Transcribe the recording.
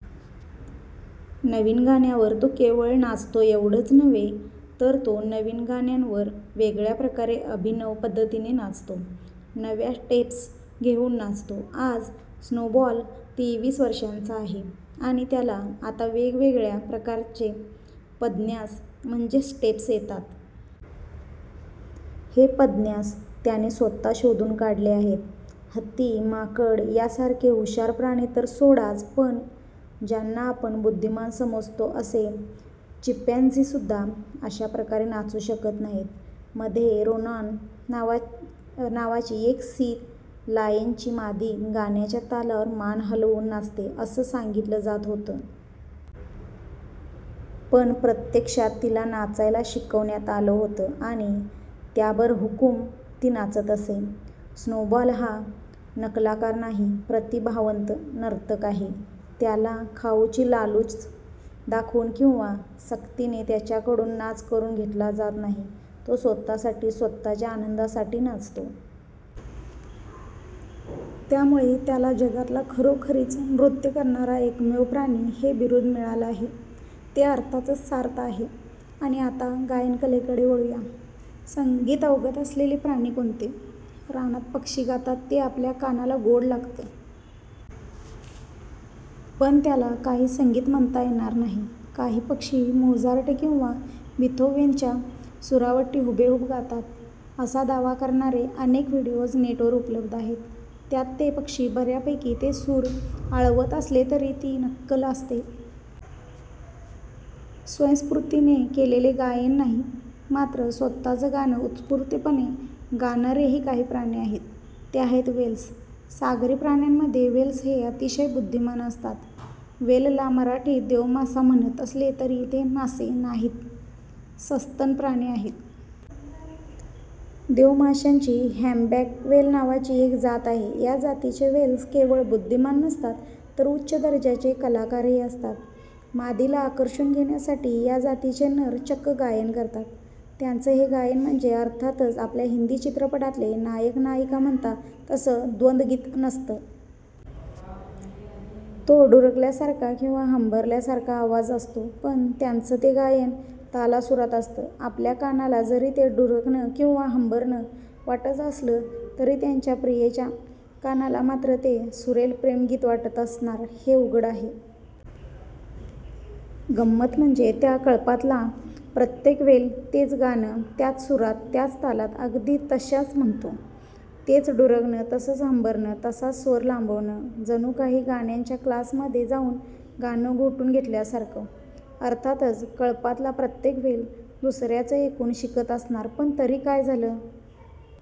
नवीन गाण्यावर तो केवळ नाचतो एवढंच नव्हे, तर तो नवीन गाण्यांवर वेगळ्या प्रकारे, अभिनव पद्धतीने नाचतो. नव्या स्टेप्स घेऊन नाचतो. आज स्नोबॉल तेवीस वर्षांचा आहे आणि त्याला आता वेगवेगळ्या प्रकारचे पदन्यास म्हणजे स्टेप्स येतात. हे पदन्यास त्याने स्वतः शोधून काढले आहेत. हत्ती, माकड यासारखे हुशार प्राणी तर सोडाच, पण ज्यांना आपण बुद्धिमान समजतो असे चिपॅन्झीसुद्धा अशा प्रकारे नाचू शकत नाहीत. मध्ये 'रोनान' नावाची एक सी लायनची मादी गाण्याच्या तालावर मान हलवून 'नाचते' असं सांगितलं जात होतं. पण प्रत्यक्षात तिला नाचायला शिकवण्यात आलं होतं आणि त्याबरहुकूम ती नाचत असे. स्नोबॉल हा नकलाकार नाही, प्रतिभावंत नर्तक आहे. त्याला खाऊची लालूच दाखवून किंवा सक्तीने त्याच्याकडून नाच करून घेतला जात नाही. तो स्वतःसाठी, स्वतःच्या आनंदासाठी नाचतो. त्यामुळे त्याला 'जगातला खरोखरीच नृत्य करणारा एकमेव प्राणी' हे बिरुद मिळालं आहे. ते अर्थातच सार्थ आहे. आणि आता गायनकलेकडे वळूया. संगीत अवगत असलेले प्राणी कोणते? रानात पक्षी गातात. ते आपल्या कानाला गोड लागतं. पण त्याला काही संगीत म्हणता येणार नाही. काही पक्षी मोझार्ट किंवा बीथोवेनच्या सुरावटी हुबेहूब गातात, असा दावा करणारे अनेक व्हिडिओज नेटवर उपलब्ध आहेत. त्यात ते पक्षी बर्यापैकी ते सूर आळवत असले तरी ती नक्कल असते. स्वयंस्फूर्तीने केलेले गायन नाही. मात्र स्वतःचं गाणं उत्स्फूर्तपणे गाणारेही काही प्राणी आहेत. ते आहेत व्हेल्स. सागरी प्राण्यामध्ये व्हेल्स हे अतिशय बुद्धिमान असतात. व्हेलला मराठीत देवमासा म्हणत असले तरी ते मासे नाहीत, सस्तन प्राणी आहेत. देवमाशांची हम्पबॅक व्हेल नावाची एक जात आहे. या जातीचे व्हेल्स केवळ बुद्धिमान नसतात, तर उच्च दर्जाचे कलाकारही असतात. मादीला आकर्षून घेण्यासाठी या जातीचे नर चक्क गायन करतात. त्यांचं हे गायन म्हणजे अर्थातच आपल्या हिन्दी चित्रपटातले नायक-नायिका म्हणतात तसं द्वंदगीत नसतं. तो डुरकल्यासारखा किंवा हंबरल्यासारखा आवाज असतो. पण त्यांचं ते गायन तालासुरात असतं. आपल्या कानाला जरी ते डुरकणं किंवा हंबरणं वाटत असलं तरी त्याच्या प्रियेच्या कानाला मात्र ते सुरेल प्रेमगीत वाटत असणार हे उघड आहे. गंमत म्हणजे त्या कळपातला प्रत्येक व्हेल तेच गाणं, त्याच सुरांत, त्याच तालात, अगदी तस्संच म्हणतो. तेच डुरकणं, तसंच हंबरणं, तसाच स्वर लांबवणं. जणू काही गाण्याच्या क्लासमध्ये जाऊन गाणं घोटून घेतल्यासारखं! अर्थातच कळपातला प्रत्येक व्हेल दुसर्याचं ऐकून शिकत असणार. पण तरी काय झालं?